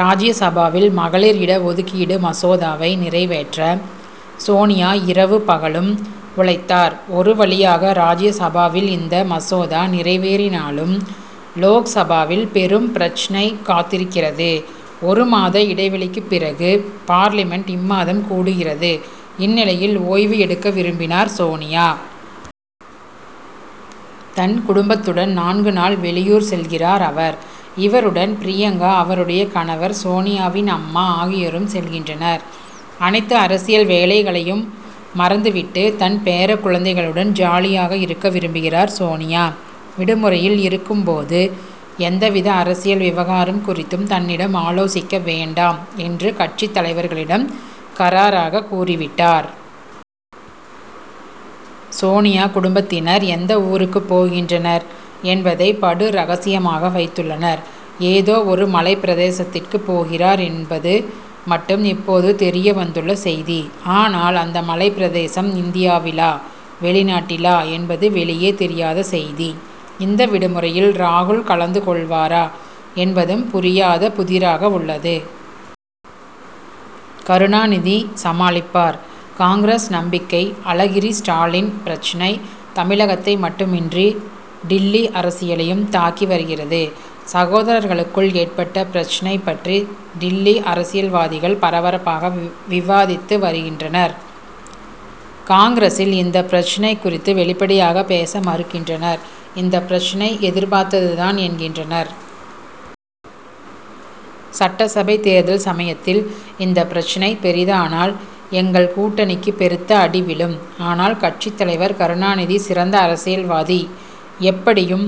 ராஜ்ய சபாவில் மகளிர் இட ஒதுக்கீடு மசோதாவை நிறைவேற்ற சோனியா இரவு பகலும் உழைத்தார். ஒரு வழியாக ராஜ்யசபாவில் இந்த மசோதா நிறைவேறினாலும், லோக்சபாவில் பெரும் பிரச்னை காத்திருக்கிறது. ஒரு மாத இடைவெளிக்குப் பிறகு, பார்லிமென்ட் இம்மாதம் கூடுகிறது. இந்நிலையில், ஓய்வு எடுக்க விரும்பினார் சோனியா. தன் குடும்பத்துடன் நான்கு நாள் வெளியூர் செல்கிறார் அவர். இவருடன் பிரியங்கா, அவருடைய கணவர், சோனியாவின் அம்மா ஆகியோரும் செல்கின்றனர். அனைத்து அரசியல் வேலைகளையும் மறந்துவிட்டு தன் பேரக் குழந்தைகளுடன் ஜாலியாக இருக்க விரும்புகிறார் சோனியா. விடுமுறையில் இருக்கும் போது எந்தவித அரசியல் விவகாரம் குறித்தும் தன்னிடம் ஆலோசிக்க வேண்டாம் என்று கட்சித் தலைவர்களிடம் கறாராகக் கூறிவிட்டார். சோனியா குடும்பத்தினர் எந்த ஊருக்குப் போகின்றனர் என்பதை படு ரகசியமாக வைத்துள்ளனர். ஏதோ ஒரு மலைப் பிரதேசத்திற்குப் போகிறார் என்பது மட்டும் இப்போது தெரியவந்துள்ள செய்தி. ஆனால், அந்த மலைப் பிரதேசம் இந்தியாவிலா? வெளிநாட்டிலா என்பது வெளியே தெரியாத செய்தி. இந்த விடுமுறையில் ராகுல் கலந்து கொள்வாரா என்பதும் புரியாத புதிராக உள்ளது. கருணாநிதி சமாளிப்பார்; காங்கிரஸ் நம்பிக்கை அழகிரி ஸ்டாலின் பிரச்னை தமிழகத்தை மட்டுமின்றி டில்லி அரசியலையும் தாக்கி வருகிறது. சகோதரர்களுக்குள் ஏற்பட்ட பிரச்னை பற்றி டில்லி அரசியல்வாதிகள் பரபரப்பாக விவாதித்து வருகின்றனர். காங்கிரசில் இந்த பிரச்னை குறித்து வெளிப்படையாக பேச மறுக்கின்றனர். இந்த பிரச்னை எதிர்பார்த்ததுதான் என்கின்றனர். சட்டசபை தேர்தல் சமயத்தில், இந்த பிரச்னை பெரிதானால், எங்கள் கூட்டணிக்கு பெருத்த அடி விழும். ஆனால், கட்சித் தலைவர் கருணாநிதி சிறந்த அரசியல்வாதி, எப்படியும்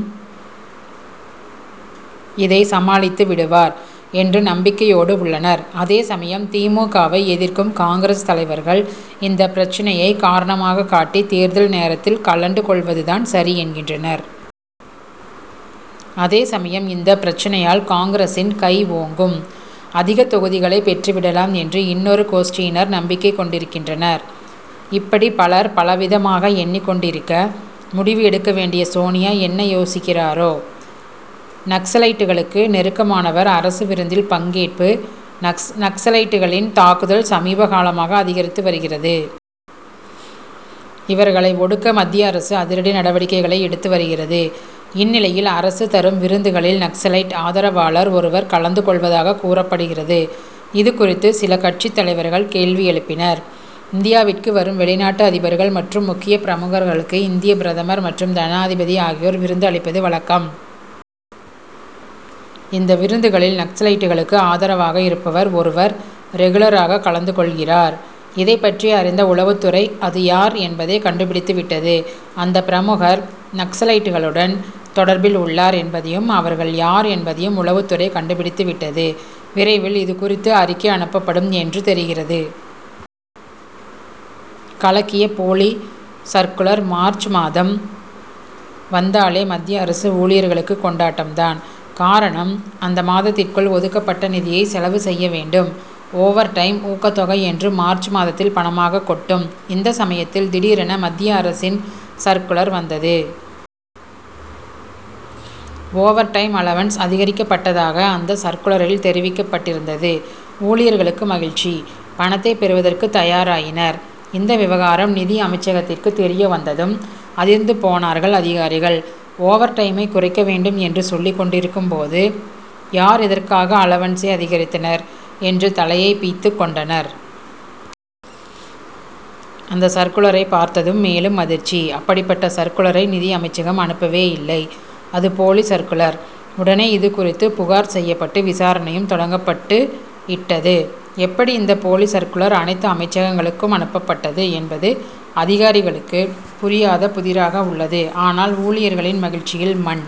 இதை சமாளித்து விடுவார்' என்று நம்பிக்கையோடு உள்ளனர். அதே சமயம் தி. மு. க.,வை எதிர்க்கும் காங்கிரஸ் தலைவர்கள், இந்த பிரச்னையை காரணமாகக் காட்டி, தேர்தல் நேரத்தில் கழண்டு கொள்வதுதான் சரி என்கின்றனர். அதே சமயம் இந்த பிரச்னையால் காங்கிரசின் கை ஓங்கும், அதிக தொகுதிகளை பெற்றுவிடலாம் என்று இன்னொரு கோஷ்டியினர் நம்பிக்கொண்டிருக்கின்றனர். இப்படி பலர் பலவிதமாக எண்ணிக் கொண்டிருக்க, முடிவு எடுக்க வேண்டிய சோனியா என்ன யோசிக்கிறாரோ? நக்சலைட்களுக்கு நெருக்கமானவர் அரசு விருந்தில் பங்கேற்பு? நக்சலைட்களின் தாக்குதல் சமீபகாலமாக அதிகரித்து வருகிறது. இவர்களை ஒடுக்க, மத்திய அரசு அதிரடி நடவடிக்கைகளை எடுத்து வருகிறது. இந்நிலையில், அரசு தரும் விருந்துகளில் நக்சலைட் ஆதரவாளர் ஒருவர் கலந்து கொள்வதாகக் கூறப்படுகிறது. இது குறித்து, சில கட்சித் தலைவர்கள் கேள்வி எழுப்பினர். இந்தியாவிற்கு வரும் வெளிநாட்டு அதிபர்கள் மற்றும் முக்கிய பிரமுகர்களுக்கு இந்திய பிரதமர் மற்றும் ஜனாதிபதி ஆகியோர் விருந்து அளிப்பது வழக்கம். இந்த விருந்துகளில் நக்சலைட்களுக்கு ஆதரவாக இருப்பவர் ஒருவர் ரெகுலராகக் கலந்து கொள்கிறார். இதைப் பற்றி அறிந்த உளவுத் துறை அது யார் என்பதை கண்டுபிடித்துவிட்டது. அந்த பிரமுகர், நக்சலைட்களுடன் தொடர்பில் உள்ளார் என்பதையும் அவர்கள் யார் என்பதையும் உளவுத் துறை கண்டுபிடித்துவிட்டது. விரைவில் இதுகுறித்து, அறிக்கை அனுப்பப்படும் என்று தெரிகிறது. கலக்கிய போலி சர்க்குலர் மார்ச் மாதம் வந்தாலே மத்திய அரசு ஊழியர்களுக்கு கொண்டாட்டம்தான். காரணம், அந்த மாதத்திற்குள் ஒதுக்கப் பட்ட நிதியை செலவு செய்ய வேண்டும். ஓவர் டைம், ஊக்கத் தொகை என்று மார்ச் மாதத்தில் பணமாகக் கொட்டும். இந்த சமயத்தில் திடீரென மத்திய அரசின் சர்க்குலர் வந்தது. ஓவர் டைம் அலவன்ஸ் அதிகரிக்கப்பட்டதாக அந்த சர்க்குலரில் தெரிவிக்கப்பட்டிருந்தது. ஊழியர்களுக்கு மகிழ்ச்சி. பணத்தை பெறுவதற்கு தயாராயினர். இந்த விவகாரம், நிதி அமைச்சகத்திற்கு தெரிய வந்ததும் அதிர்ந்து போனார்கள் அதிகாரிகள். ஓவர் டைமை குறைக்க வேண்டும் என்று சொல்லிக் கொண்டிருக்கும் போது யார் இதற்கான அலவன்சை அதிகரித்தனர் என்று தலையைப் பிய்த்துக் கொண்டனர். அந்த சர்க்குலரைப் பார்த்ததும் மேலும் அதிர்ச்சி. அப்படிப்பட்ட சர்க்குலரை நிதி அமைச்சகம் அனுப்பவேயில்லை! அது போலி சர்க்குலர். உடனே, இது குறித்து புகார் செய்யப்பட்டு விசாரணையும் தொடங்கப்பட்டு ட்டது. எப்படி இந்த போலி சர்க்குலர் அனைத்து அமைச்சகங்களுக்கும் அனுப்பப்பட்டது என்பது அதிகாரிகளுக்குப் புரியாத புதிராக உள்ளது. ஆனால், ஊழியர்களின் மகிழ்ச்சியில் மண்.